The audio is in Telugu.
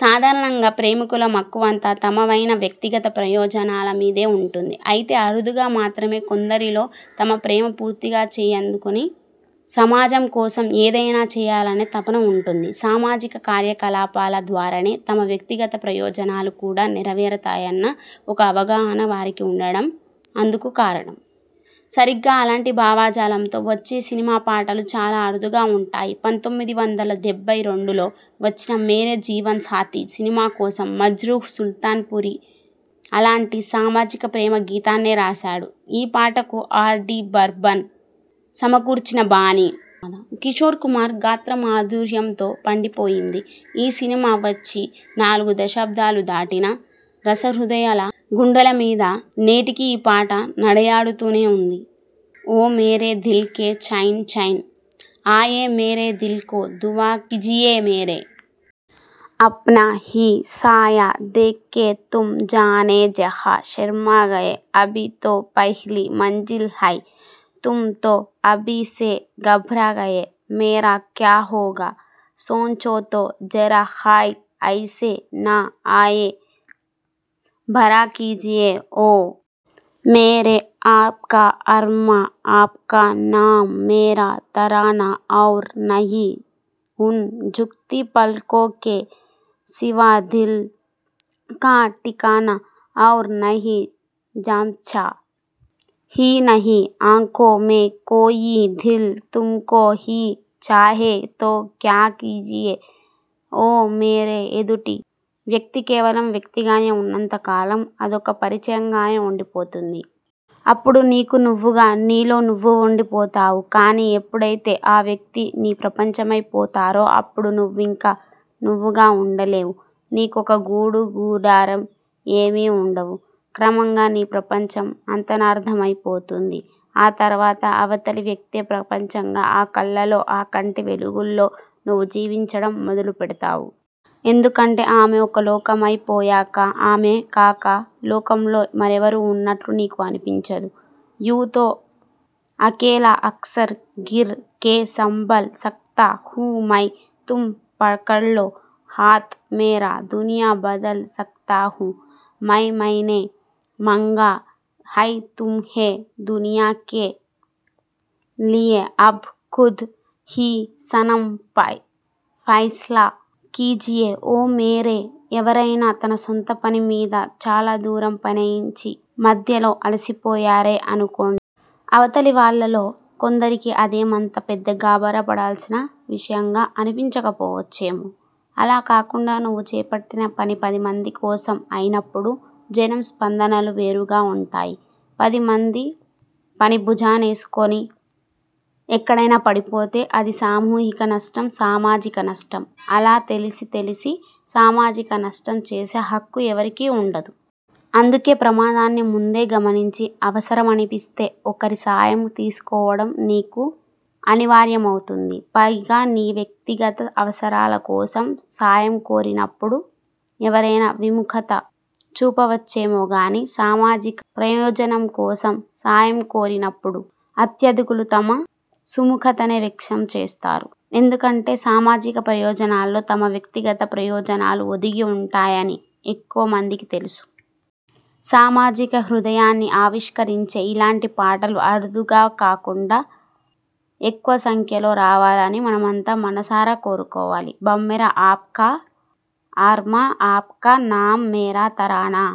సాధారణంగా ప్రేమికుల మక్కువంతా తమవైన వ్యక్తిగత ప్రయోజనాల మీదే ఉంటుంది. అయితే, అరుదుగా మాత్రమే కొందరిలో తన ప్రేమ పూర్తిగా చేయందుకుని సమాజం కోసం ఏదైనా చేయాలనే తపన ఉంటుంది. సామాజిక కార్య కలాపాల ద్వారానే తమ వ్యక్తిగత ప్రయోజనాలు కూడా నెర వేరతాయన్న ఒక అవగాహన వారికి ఉండడం అందుకు కారణం. సరిగ్గా అలాంటి భావ జాలంతో వచ్చే సినిమా పాటలు చాలా అరుదుగానే ఉంటాయి. పంతొమ్మిది వందల డెబ్బై రెండులో వచ్చిన 'మేరే జీవన్ సాథీ' సినిమా కోసం మజ్రూహ్ సుల్తాన్పురి అలాంటి సామాజిక ప్రేమ గీతాన్నే రాశాడు. ఈ పాటకు ఆర్. డి బార్బన్ సమకూర్చిన బాణీ.. కిశోర్ కుమార్ గాత్ర మాధుర్యంతో పండిపోయింది. ఈ సినిమా వచ్చి నాలుగు దశాబ్దాలు దాటినా రస హృదయుల గుండెల మీద నేటికీ ఈ పాట నడయాడుతూనే ఉంది. ఓ మేరే దిల్ కే చైన్ చైన్ ఆయే మేరే దిల్ కో దువా కీజియే మేరే అప్నా హీ సాయా దేఖ్ కే తుమ్ జానె జహా శర్మాగయే అభీ తో పహ్లీ మంజిల్ హై తుమ్ తో అభీ సే ఘబ్రాగయే మేరా క్యా హోగా, సోంచో తో జరా హాయ్ ఐసే న ఆహేఁ భరా కీజియే / ఓ మేరే ఆప్కా అర్మా ఆప్కా నామ్ మేరా తరానా ఔర్ నహీ ఉన్ ఝుక్తీ పల్కో కే సివా దిల్ కా టికానా ఔర్ నహీ జంచ్తా he Nahi ఆంఖో May కోయీ Dil తుమ్కో he చాహే తో క్యా కీజియే ఓ మేరే ఎదుటి వ్యక్తి కేవలం వ్యక్తిగానే ఉన్నంత కాలం, అదొక పరిచయంగానే ఉండి పోతుంది. అప్పుడు నీకు నువ్వుగా, నీలో నువ్వు ఉండి పోతావు. కానీ, ఎప్పుడైతే ఆ వ్యక్తి నీ ప్రపంచమై పోతారో అప్పుడు నువ్వింక నువ్వుగా ఉండలేవు. నీకొక గూడూ గుడారం ఏమీ ఉండవు. క్రమంగా నీ ప్రపంచం అంతర్థానమైపోతుంది. ఆ తర్వాత అవతలి వ్యక్తే ప్రపంచంగా ఆ కళ్లల్లో, ఆ కంటి వెలుగుల్లో నువ్వు జీవించడం మొదలుపెడతావు. ఎందుకంటే ఆమె ఒక లోకమై పోయాక ఆమె కాక లోకంలో మరెవరూ ఉన్నట్లు నీకు అనిపించదు. యూ తో అకేలా అక్సర్ గిర్ కే సంభల్ సక్తా హు మై తుమ్ పకడ్లో హాథ్ మేరా దునియా బదల్ సక్తా హు మై మైనే మాంగా హై తుమ్హే దునియా కే లియే అభ్ ఖుద్ హీ సనమ్ ఫైస్లా కీజియే ఓ మేరే ఎవరైనా తన సొంత పని మీద చాలా దూరం పయనించి మధ్యలో అలసిపోయారే అనుకోండి. అవతలి వాళ్లల్లో కొందరికి అదేమంత పెద్ద గాబరా పడాల్సిన విషయంగా అనిపించకపోవచ్చేమో! అలా కాకుండా నువ్వు చేపట్టిన పని పదిమంది కోసం అయినప్పుడు జనం స్పందనలు వేరుగా ఉంటాయి. పదిమంది పని భుజా నేసుకుని ఎక్కడైనా పడిపోతే అది సామూహిక నష్టం, సామాజిక నష్టం. అలా తెలిసి తెలిసి సామాజిక నష్టం చేసే హక్కు ఎవరికీ ఉండదు. అందుకే ప్రమాదాన్ని ముందే గమనించి అవసరమనిపిస్తే ఒకరి సాయం తీసుకోవడం నీకు అనివార్య మవుతుంది. పైగా నీ వ్యక్తిగత అవసరాల కోసం సాయం కోరినప్పుడు ఎవరైనా విముఖత చూపవచ్చేమో గానీ, సామాజిక ప్రయోజనం కోసం సాయం కోరినప్పుడు అత్యధికులు తమ సుముఖతనే వ్యక్తం చేస్తారు. ఎందుకంటే సామాజిక ప్రయోజనాల్లో తమ వ్యక్తిగత ప్రయోజనాలు ఒదిగి ఉంటాయని ఎక్కువ మందికే తెలుసు. సామాజిక హృదయాన్ని ఆవిష్కరించే ఇలాంటి పాటలు అరుదుగా కాకుండా ఎక్కువ సంఖ్యలో రావాలని మనమంతా మనసారా కోరుకోవాలి. బమ్మెర ఆప్కా అర్మా ఆప్కా నామ్ మేరా తరానా